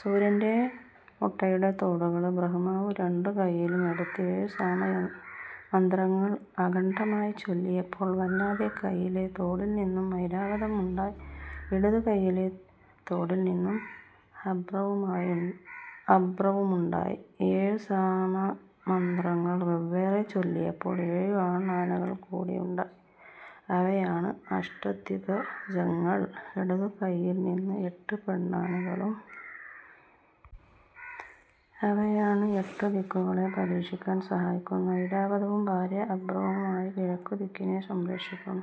സൂര്യന്റെ മുട്ടയുടെ തോടുകള് ബ്രപ്മാവു രണ്ടു കൈയിലുമെടുത്ത് ഏഴു സാമ മന്ത്രങ്ങൾ അഖണ്ഡമായി ചൊല്ലിയപ്പോൾ വലതെ കൈയിലെ തോടിൽ നിന്നും ഐരാവതം ഉണ്ടായി. ഇടതുകൈയിലെ തോടിൽ നിന്നും അഭ്രമുവുമുണ്ടായി. ഏഴുസാമമന്ത്രങ്ങൾ വെവ്വേറെ ചൊല്ലിയപ്പോൾ ഏഴു ആൺ ആനകൾ കൂടിയുണ്ടായി. അവയാണ് അഷ്ടദ്വിഗജങ്ങൾ. ഇടതുകൈയിൽ നിന്ന് എട്ട് പെണ്ണാനകളും. അവയാണ് എട്ടുദിക്കുകളെ പരിരക്ഷിക്കാൻ സഹായിക്കുന്നത്. ഐരാവതവും ഭാര്യ അഭ്രമുവുമായി കിഴക്കു ദിക്കിനെ സംരക്ഷിക്കുന്നു.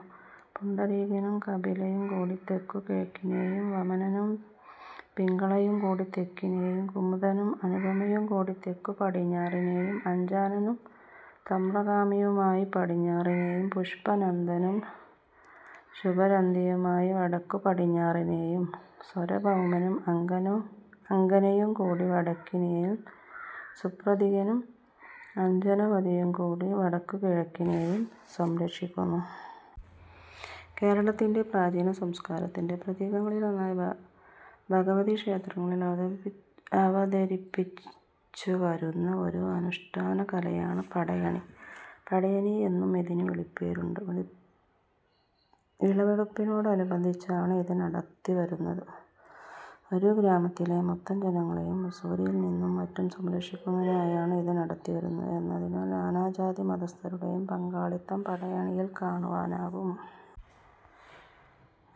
പുണ്ഡരീകനും കപിലയും കൂടി തെക്കു-കിഴക്കിനേയും വമനനും പിംഗളയും കൂടി തെക്കിനേയും കുമുദനും അനുപമയും കൂടി തെക്കു-പടിഞ്ഞാറിനേയും അഞ്ചാനനും തംമ്രകാമിയുമായി പടിഞ്ഞാറിനേയും പുഷ്പ ദന്ദനും ശുഭരദന്ദിയുമായി വടക്കു-പടിഞ്ഞാറിനേയും സാര്വഭൌമനും അംഗനയും കൂടി വടക്കിനേയും സുപ്രധികനും അഞജനവതിയും കൂടീ വടക്കുകിഴക്കിനേയും സംരക്ഷിക്കുന്നു. കേരളത്തിന്റെ പ്രാചീന സംസ്കാരത്തിന്റെ പ്രതീകങ്ങളിലൊന്നായി ഭഗവതി ക്ഷേത്രങ്ങളിൽ അവതരിപ്പിച്ചുവരുന്ന ഒരു അനുഷ്ഠാനകലയാണ് പടയണി. പടേനി എന്നും ഇതിനു വിളിപ്പേരുണ്ട്.. വിളവെടുപ്പിനോടനുബന്ധിച്ച് ആണ് ഇത് നടത്തിവരുന്നത്. ഒരു ഗ്രാമത്തിലെ മൊത്തം ജനങ്ങളെയും വസൂരിയിൽ നിന്നും മറ്റും രക്ഷിക്കുന്നതിനായാണ് ഇത് നടത്തിവരുന്നത് എന്നതിനാൽ നാനാജാതിമതസ്ഥരുടേയും പങ്കാളിത്തം പടയണിയിൽ കാണുവാനാകും.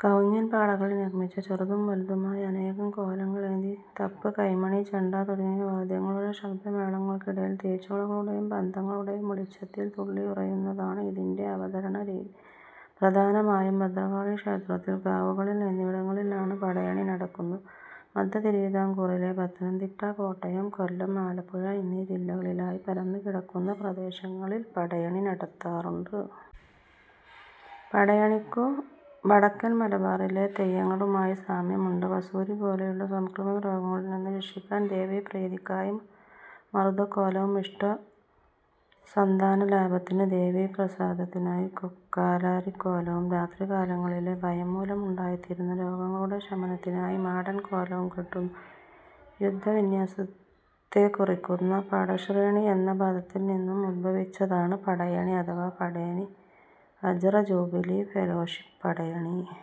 കവുങ്ങിൻപാളകളിൽ നിർമ്മിച്ച ചെറുതും വലുതുമായ അനേകം കോലങ്ങളേന്തി തപ്പ്, കൈമണി, ചെണ്ട തുടങ്ങിയ വാദ്യങ്ങളുടെ ശബ്ദമേളങ്ങൾക്കിടയിൽ തീച്ചൂട്ടുകളുടേയും പന്തങ്ങളുടേയും വെളിച്ചത്തിൽ തുള്ളിയുറയുന്നതാണ് ഇതിന്റെ അവതരണരീതി. പ്രധാനമായും ഭദ്രകാളി ക്ഷേത്രത്തിൽ, കാവുകളിൽ എന്നിവിടങ്ങളിൽ ആണ് പടയണി നടക്കുന്നത്. മധ്യ തിരുവിതാംകൂറിലെ പത്തനംതിട്ട, കോട്ടയം, കൊല്ലം, ആലപ്പുഴ എന്നീ ജില്ലകളിലായി പരന്നുകിടക്കുന്ന പ്രദേശങ്ങളിൽ പടയണി നടത്താറുണ്ട്. പടയണിക്കു വടക്കൻ മലബാറിലെ തെയ്യങ്ങളുമായി സാമ്യം ഉണ്ട്. വസൂരിപോലെയുള്ള സാംക്രമികരോഗങ്ങളിൽ നിന്നു രക്ഷിക്കാൻ ദേവീപ്രീതിക്കായി മറുതക്കോലവും ഇഷ്ടസന്താനലാഭത്തിനു ദേവീപ്രസാദത്തിനായി കാലാരിക്കോലവും രാത്രികാലങ്ങളിലെ ഭയംമൂലമുണ്ടായിത്തീരുന്ന രോഗങ്ങളുടെ ശമനത്തിനായി മാടൻകോലവും കെട്ടുന്നു. യുദ്ധവിന്യാസത്തെക്കുറിയ്ക്കുന്ന പടശ്രേണി എന്ന പദത്തിൽ നിന്നും ഉത്ഭവിച്ചതാണ് പടയണി അഥവാ പടേനി. വജ്രജൂബിലി ഫെലോഷിപ്പ് പടയണി